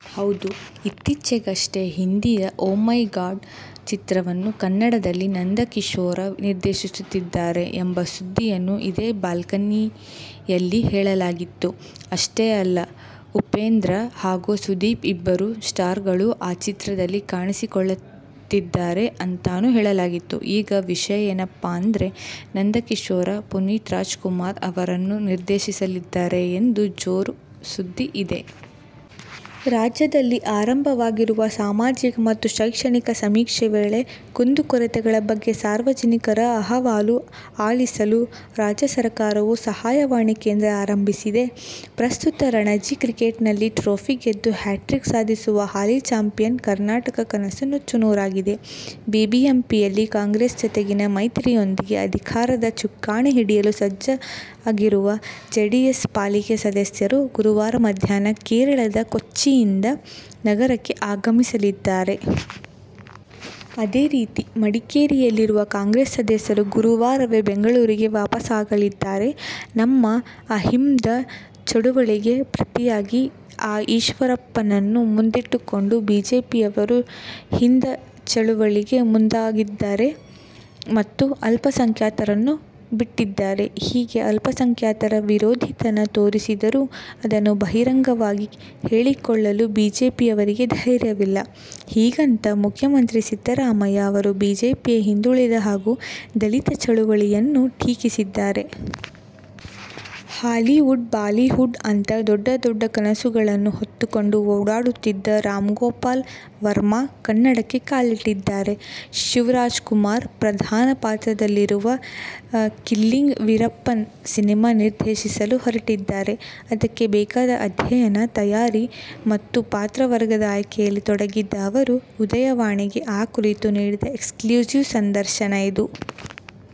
ಹೌದು, ಇತ್ತೀಚೆಗಷ್ಟೇ, ಹಿಂದಿಯ "ಓ ಮೈ ಗಾಡ್' ಚಿತ್ರವನ್ನು ಕನ್ನಡದಲ್ಲಿ ನಂದಕಿಶೋರ್ ನಿರ್ದೇಶಿಸುತ್ತಿದ್ದಾರೆ ಎಂಬ ಸುದ್ದಿಯನ್ನು ಇದೇ "ಬಾಲ್ಕನಿ'ಯಲ್ಲಿ ಹೇಳಲಾಗಿತ್ತು. ಅಷ್ಟೇ ಅಲ್ಲ, ಉಪೇಂದ್ರ ಹಾಗು ಸುದೀಪ್ ಇಬ್ಬರು ಸ್ಟಾರ್ಗಳು ಆ ಚಿತ್ರದಲ್ಲಿ ಕಾಣಿಸಿಕೊಳ್ಳುತ್ತಿದ್ದಾರೆ ಅಂತಾನೂ ಹೇಳಲಾಗಿತ್ತು. ಈಗ ವಿಷಯ ಏನಪ್ಪಾ ಅಂದ್ರೆ, ನಂದಕಿಶೋರ್ ಪುನೀತ್ರಾಜ್ಕುಮಾರ್ ಅವರನ್ನು ನಿರ್ದೇಶಿಸಲಿದ್ದಾರೆ ಎಂಬ ಜೋರು ಸುದ್ದಿ ಇದೆ. ರಾಜ್ಯದಲ್ಲಿ ಆರಂಭವಾಗಿರುವ ಸಾಮಾಜಿಕ ಮತ್ತು ಶೈಕ್ಷಣಿಕ ಸಮೀಕ್ಷೆ ವೇಳೆ ಕುಂದುಕೊರತೆಗಳ ಬಗ್ಗೆ ಸಾರ್ವಜನಿಕರ ಅಹವಾಲು ಆಲಿಸಲು ರಾಜ್ಯ ಸರ್ಕಾರವು ಸಹಾಯವಾಣಿ ಕೇಂದ್ರ ಆರಂಭಿಸಿದೆ. ಪ್ರಸ್ತುತ ರಣಜಿ ಕ್ರಿಕೆಟ್ನಲ್ಲಿ ಟ್ರೋಫಿ ಗೆದ್ದು ಹ್ಯಾಟ್ರಿಕ್ ಸಾಧಿಸುವ ಹಾಲಿ ಚಾಂಪಿಯನ್ ಕರ್ನಾಟಕ ಕನಸು ನುಚ್ಚುನೂರಾಗಿದೆ. ಬಿಬಿಎಂಪಿಯಲ್ಲಿ ಕಾಂಗ್ರೆಸ್ ಜತೆಗಿನ ಮೈತ್ರಿಯೊಂದಿಗೆ ಅಧಿಕಾರದ ಚುಕ್ಕಾಣಿ ಹಿಡಿಯಲು ಸಜ್ಜಾಗಿರುವ ಜೆಡಿಎಸ್ ಪಾಲಿಕೆ ಸದಸ್ಯರು ಗುರುವಾರ ಮಧ್ಯಾಹ್ನ ಕೇರಳದ ಕೊಚ್ಚಿಯಿಂದ ನಗರಕ್ಕೆ ಆಗಮಿಸಲಿದ್ದಾರೆ. ಅದೇ ರೀತಿ ಮಡಿಕೇರಿಯಲ್ಲಿರುವ ಕಾಂಗ್ರೆಸ್ ಸದಸ್ಯರೂ ಗುರುವಾರವೇ ಬೆಂಗಳೂರಿಗೆ ವಾಪಸಾಗಲಿದ್ದಾರೆ. ನಮ್ಮ ಅಹಿಂದ ಚಳವಳಿಗೆ ಪ್ರತಿಯಾಗಿ ಆ ಈಶ್ವರಪ್ಪನನ್ನು ಮುಂದಿಟ್ಟುಕೊಂಡು ಬಿಜೆಪಿಯವರು ಹಿಂದ ಚಳವಳಿಗೆ ಮುಂದಾಗಿದ್ದಾರೆ ಮತ್ತು ಅಲ್ಪಸಂಖ್ಯಾತರನ್ನು ಬಿಟ್ಟಿದ್ದಾರೆ. ಹೀಗೆ ಅಲ್ಪಸಂಖ್ಯಾತರ ವಿರೋಧಿತನ ತೋರಿಸಿದರೂ ಅದನ್ನು ಬಹಿರಂಗವಾಗಿ ಹೇಳಿಕೊಳ್ಳಲುಬಿಜೆಪಿಯವರಿಗೆ ಧೈರ್ಯವಿಲ್ಲ. ಹೀಗಂತ ಮುಖ್ಯಮಂತ್ರಿ ಸಿದ್ದರಾಮಯ್ಯ ಅವರುಬಿಜೆಪಿಯ ಹಿಂದುಳಿದ ಹಾಗೂ ದಲಿತ ಚಳವಳಿಯನ್ನು ಟೀಕಿಸಿದ್ದಾರೆ. ಹಾಲಿವುಡ್, ಬಾಲಿವುಡ್ ಅಂತ ದೊಡ್ಡ ದೊಡ್ಡ ಕನಸುಗಳನ್ನು ಹೊತ್ತುಕೊಂಡು ಓಡಾಡುತ್ತಿದ್ದ ರಾಮ್ಗೋಪಾಲ್ ವರ್ಮ ಕನ್ನಡಕ್ಕೆ ಕಾಲಿಟ್ಟಿದ್ದಾರೆ. ಶಿವರಾಜ್ಕುಮಾರ್ ಪ್ರಧಾನ ಪಾತ್ರದಲ್ಲಿರುವ ಕಿಲ್ಲಿಂಗ್ ವೀರಪ್ಪನ್ ಸಿನಿಮಾ ನಿರ್ದೇಶಿಸಲು ಹೊರಟಿದ್ದಾರೆ. ಅದಕ್ಕೆ ಬೇಕಾದ ಅಧ್ಯಯನ, ತಯಾರಿ ಮತ್ತು ಪಾತ್ರವರ್ಗದ ಆಯ್ಕೆಯಲ್ಲಿ ತೊಡಗಿದ್ದ ಅವರು ಉದಯವಾಣಿಗೆ ಆ ಕುರಿತು ನೀಡಿದ ಎಕ್ಸ್ಕ್ಲೂಸಿವ್ ಸಂದರ್ಶನ ಇದು.